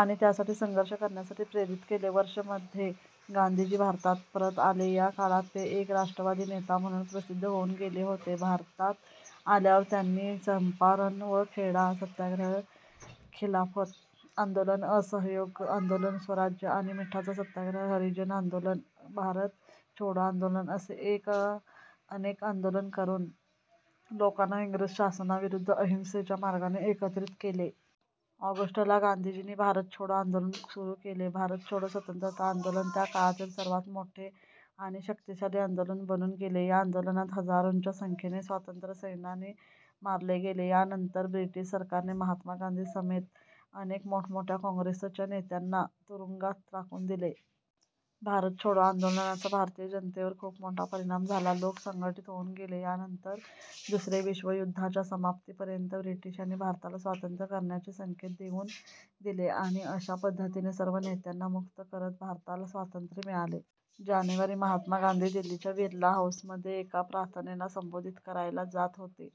आणि त्यासाठी संघर्ष करण्यासाठी प्रेरित केले. वर्ष मध्ये गांधीजी भारतात परत आले. या काळात ते एक राष्ट्रवादी नेता म्हणून प्रसिद्ध होऊन गेले होते. भारतात आल्यावर त्यांनी चंपारण व खेडा सत्याग्रह, खिलाफत आंदोलन, असहयोग आंदोलन, स्वराज्य आणि मिठाचा सत्याग्रह, हरिजन आंदोलन, भारत छोडो आंदोलन असे एक न अनेक आंदोलने करून लोकांना इंग्रज शासनाविरुद्ध अहिंसेच्या मार्गाने एकत्रित केले. ऑगस्ट ला गांधीजींनी भारत छोडो आंदोलन सुरू केले. भारत छोडो स्वतंत्रता आंदोलन त्या काळातील सर्वात मोठे आणि शक्तिशाली आंदोलन बनून गेले. या आंदोलनात हजारोंच्या संख्येने स्वातंत्र्यसेनानी मारले गेले. यानंतर ब्रिटीश सरकारने महात्मा गांधी समेत अनेक मोठमोठ्या काँग्रेसच्या नेतांना तुरुंगात टाकून दिले. भारत छोडो आंदोलनाचा भारतीय जनतेवर खूप मोठा परिणाम झाला. लोक संघटित होऊन गेले. यानंतर दुसरे विश्व युद्धाच्या समाप्तीपर्यंत ब्रिटिशांनी भारताला स्वातंत्र्य करण्याचे संकेत देऊन दिले आणि अशा पद्धतीने सर्व नेत्यांना मुक्त करत भारताला स्वातंत्र्य मिळाले. जानेवारी महात्मा गांधी दिल्लीच्या बिर्ला हाऊसमध्ये एका प्रार्थनेला संबोधित करायला जात होते.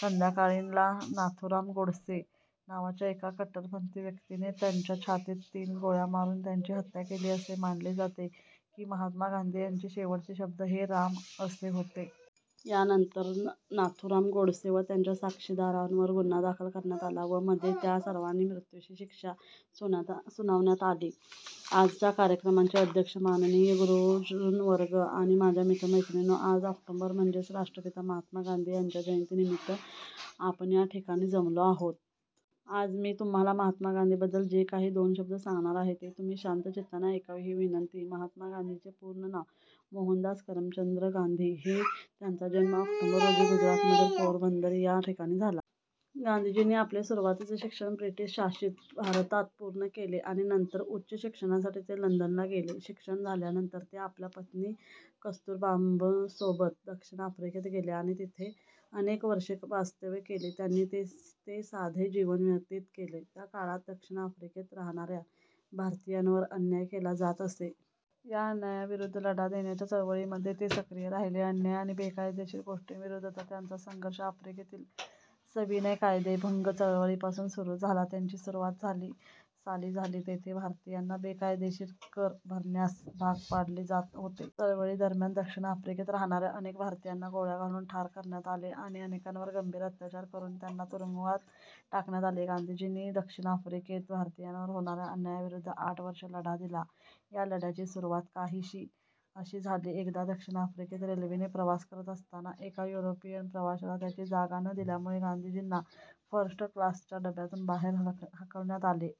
संध्याकाळी ला नाथूराम गोडसे नावाच्या एका कट्टरपंथी व्यक्तीने त्यांच्या छातीत तीन गोळ्या मारून त्यांची हत्या केली. असे मानले जाते की महात्मा गांधी यांचे शेवटचे शब्द 'हे राम' असे होते. यानंतर नाथूराम गोडसे व त्याच्या साथीदारांवर गुन्हा दाखल करण्यात आला व मध्ये त्या सर्वांना मृत्यूची शिक्षा सुनावण्यात आली. आजच्या कार्यक्रमाचे अध्यक्ष, माननीय गुरुजनवर्ग आणि माझ्या मित्र-मैत्रिणींनो. आज ऑक्टोंबर म्हणजेच राष्ट्रपिता महात्मा गांधी यांच्या जयंतीनिमित्त आपण या ठिकाणी जमलो आहोत. आज मी तुम्हाला महात्मा गांधी बद्दल जे काही दोन शब्द सांगणार आहे, ते तुम्ही शांत चित्ताने ऐकावे ही विनंती. महात्मा गांधींचे पूर्ण नाव मोहनदास करमचंद गांधी होते. त्यांचा जन्म ऑक्टोबर रोजी गुजरातमधील पोरबंदर या ठिकाणी झाला. गांधीजींनी आपले सुरुवातीचे शिक्षण ब्रिटिश शासित भारतात पूर्ण केले. आणि नंतर उच्च शिक्षणासाठी ते लंडनला गेले. शिक्षण झाल्यानंतर ते आपल्या पत्नी कस्तुरबांसोबत दक्षिण आफ्रिकेत गेले आणि तेथे अनेक वर्षे वास्तव्य केले. त्यांनी तेथे साधे जीवन व्यतीत केले, त्या काळात दक्षिण आफ्रिकेत राहणा-या भारतीयांवर अन्याय केला जात असे. या अन्यायाविरुद्ध लढा देण्याच्या चळवळींमध्ये ते सक्रिय राहिले. अन्याय आणि बेकायदेशीर गोष्टींविरुद्धचा त्यांचा संघर्ष आफ्रिकेतील सविनय कायदेभंग चळवळीपासून सुरू झाला, ज्याची सुरुवात साली झाली. तेथे भारतीयांना बेकायदेशीर कर भरण्यास भाग पाडले जात होते. चळवळीदरम्यान, दक्षिण आफ्रिकेत राहणाऱ्या अनेक भारतीयांना गोळ्या घालून ठार करण्यात आले आणि अनेकांवर गंभीर अत्याचार करून त्यांना तुरुंगात टाकण्यात आले. गांधीजींनी दक्षिण आफ्रिकेत भारतीयांवर होणाऱ्या अन्यायाविरुद्ध आठ वर्षे लढा दिला. या लढ्याची सुरवात काहीशी अशी झाली, एकदा दक्षिण आफ्रिकेत रेल्वेने प्रवास करत असताना एका युरोपियन प्रवाशाला त्याची जागा न दिल्यामुळे गांधीजींना फर्स्ट क्लासच्या डब्यातून बाहेर हकलण्यात आले.